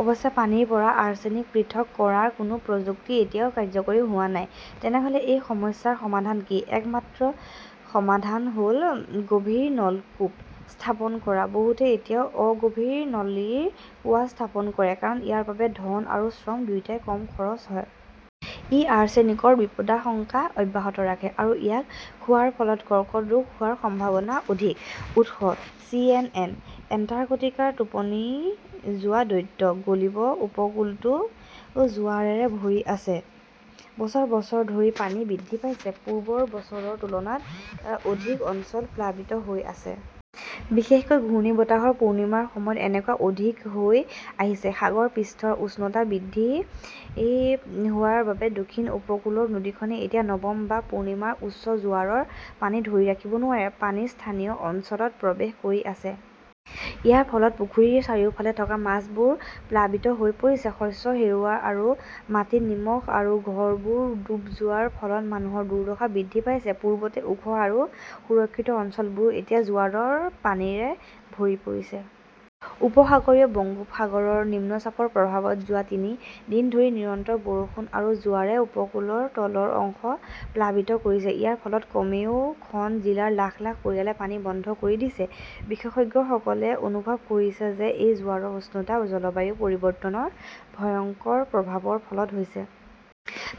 অৱশ্যে, পানীৰ পৰা আৰ্ছেনিক পৃথক কৰাৰ কোনো প্ৰযুক্তি এতিয়াও কাৰ্যকৰী হোৱা নাই। তেনেহ "লে এই সমস্যাৰ সমাধান কি? একমাত্ৰ সমাধান হ "ল গভীৰ নলকূপ স্থাপন কৰা। বহুতে এতিয়াও অগভীৰ নলীৰ কুঁৱা স্থাপন কৰে কাৰণ ইয়াৰ বাবে ধন আৰু শ্ৰম দুয়োটাই কম খৰচ হয়। ই আৰ্ছেনিকৰ বিপদাশংকা অব্যাহত ৰাখে, আৰু ইয়াক খোৱাৰ ফলত কৰ্কট ৰোগ হোৱাৰ সম্ভাৱনা অধিক। উৎসঃ চিএনএন। এণ্টাৰ্কটিকাৰ 'টোপনি যোৱা দৈত্য' গলিব উপকূলটো জোৱাৰেৰে ভৰি আছে। বছৰ বছৰ ধৰি পানী বৃদ্ধি পাইছে, পূৰ্বৰ বছৰৰ তুলনাত অধিক অঞ্চল প্লাবিত হৈছে। বিশেষকৈ ঘূৰ্ণীবতাহৰ পূৰ্ণিমাৰ সময়ত এনেকুৱা অধিক হৈ আহিছে। সাগৰ পৃষ্ঠৰ উচ্চতা বৃদ্ধি হোৱাৰ বাবে দক্ষিণ উপকূলৰ নদীখনে এতিয়া নৱম বা পূৰ্ণিমাৰ উচ্চ জোৱাৰৰ পানী ধৰি ৰাখিব নোৱাৰে। পানী স্থানীয় অঞ্চলত প্ৰৱেশ কৰি আছে। ইয়াৰ ফলত পুখুৰীৰ চাৰিওফালে থকা মাছবোৰ প্লাবিত হৈ পৰিছে; শস্য হেৰুওৱা আৰু মাটিত নিমখ আৰু ঘৰবোৰ ডুব যোৱাৰ ফলত মানুহৰ দুৰ্দশা বৃদ্ধি পাইছে। পূৰ্বতে ওখ আৰু সুৰক্ষিত অঞ্চলবোৰো এতিয়া জোৱাৰৰ পানীৰে ভৰি পৰিছে। উপসাগৰীয় বংগোপসাগৰৰ নিম্নচাপৰ প্ৰভাৱত যোৱা তিনি দিন ধৰি নিৰন্তৰ বৰষুণ আৰু জোৱাৰে উপকূলৰ তলৰ অংশ প্লাবিত কৰিছে। ইয়াৰ ফলত কমেও খন জিলাৰ লাখ লাখ পৰিয়ালে পানী বন্ধ কৰি দিছে। বিশেষজ্ঞসকলে অনুভৱ কৰে যে এই জোৱাৰৰ উচ্চতা জলবায়ু পৰিৱৰ্তনৰ ভয়ংকৰ প্ৰভাৱৰ ফলত হৈছে।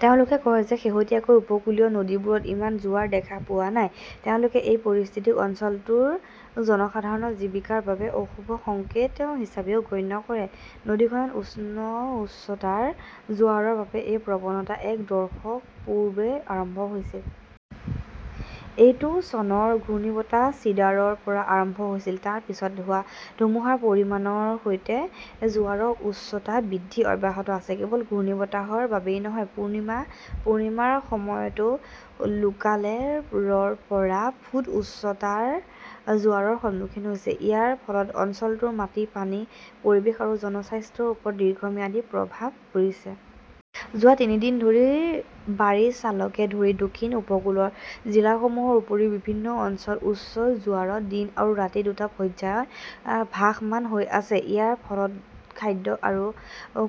তেওঁলোকে কয় যে শেহতীয়াকৈ উপকূলীয় নদীবোৰত ইমান জোৱাৰ দেখা পোৱা নাই। তেওঁলোকে এই পৰিস্থিতিক অঞ্চলটোৰ জনসাধাৰণৰ জীৱিকাৰ বাবে অশুভ সংকেত হিচাপেও গণ্য কৰে। নদীখনত উচ্চ উচ্চতাৰ জোৱাৰৰ এই প্ৰৱণতা এক দশক পূৰ্বে আৰম্ভ হৈছিল। এইটো চনৰ ঘূৰ্ণীবতাহ চিডাৰৰ পৰা আৰম্ভ হৈছিল। তাৰ পিছত হোৱা ধুমুহাৰ পৰিমাণৰ সৈতে, জোৱাৰৰ উচ্চতা বৃদ্ধি অব্যাহত আছে। কেৱল ঘূৰ্ণীবতাহৰ বাবেই নহয়, পূৰ্ণিমা-পূৰ্ণিমাৰ সময়তও লোকালে ৰ পৰা ফুট উচ্চতাৰ জোৱাৰৰ সন্মুখীন হৈছে। ইয়াৰ ফলত অঞ্চলটোৰ মাটি, পানী, পৰিৱেশ আৰু জনস্বাস্থ্যৰ ওপৰত দীৰ্ঘম্যাদী প্ৰভাৱ পৰিছে। যোৱা তিনি দিন ধৰি বাৰিছালকে ধৰি দক্ষিণ উপকূলৰ জিলাসমূহৰ উপৰিও বিভিন্ন অঞ্চল উচ্চ জোৱাৰত দিন আৰু ৰাতি দুটা পৰ্যায়ত ভাসমান হৈ আছে। ইয়াৰ ফলত খাদ্য আৰু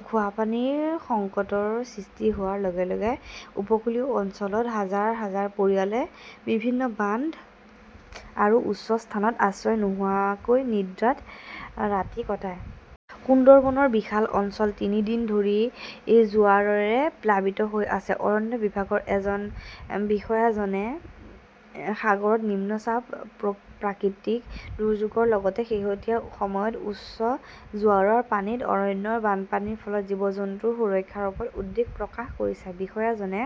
খোৱা পানীৰ সংকটৰ সৃষ্টি হোৱাৰ লগে লগে উপকূলীয় অঞ্চলৰ হাজাৰ হাজাৰ পৰিয়ালে বিভিন্ন বান্ধ আৰু উচ্চ স্থানত আশ্ৰয় নোহোৱাকৈ নিদ্ৰাত ৰাতি কটায়। সুন্দৰবনৰ বিশাল অঞ্চল তিনি দিন ধৰি জোৱাৰেৰে প্লাবিত হৈ আছে। অৰণ্য বিভাগৰ এজন বিষয়াজনে সাগৰত নিম্ন চাপ, প্ৰাকৃতিক দুৰ্যোগৰ লগতে শেহতীয়া সময়ত উচ্চ জোৱাৰৰ পানীত অৰণ্যৰ বানপানীৰ ফলত জীৱ-জন্তুৰ সুৰক্ষাৰ ওপৰত উদ্বেগ প্ৰকাশ কৰিছে। বিষয়াজনে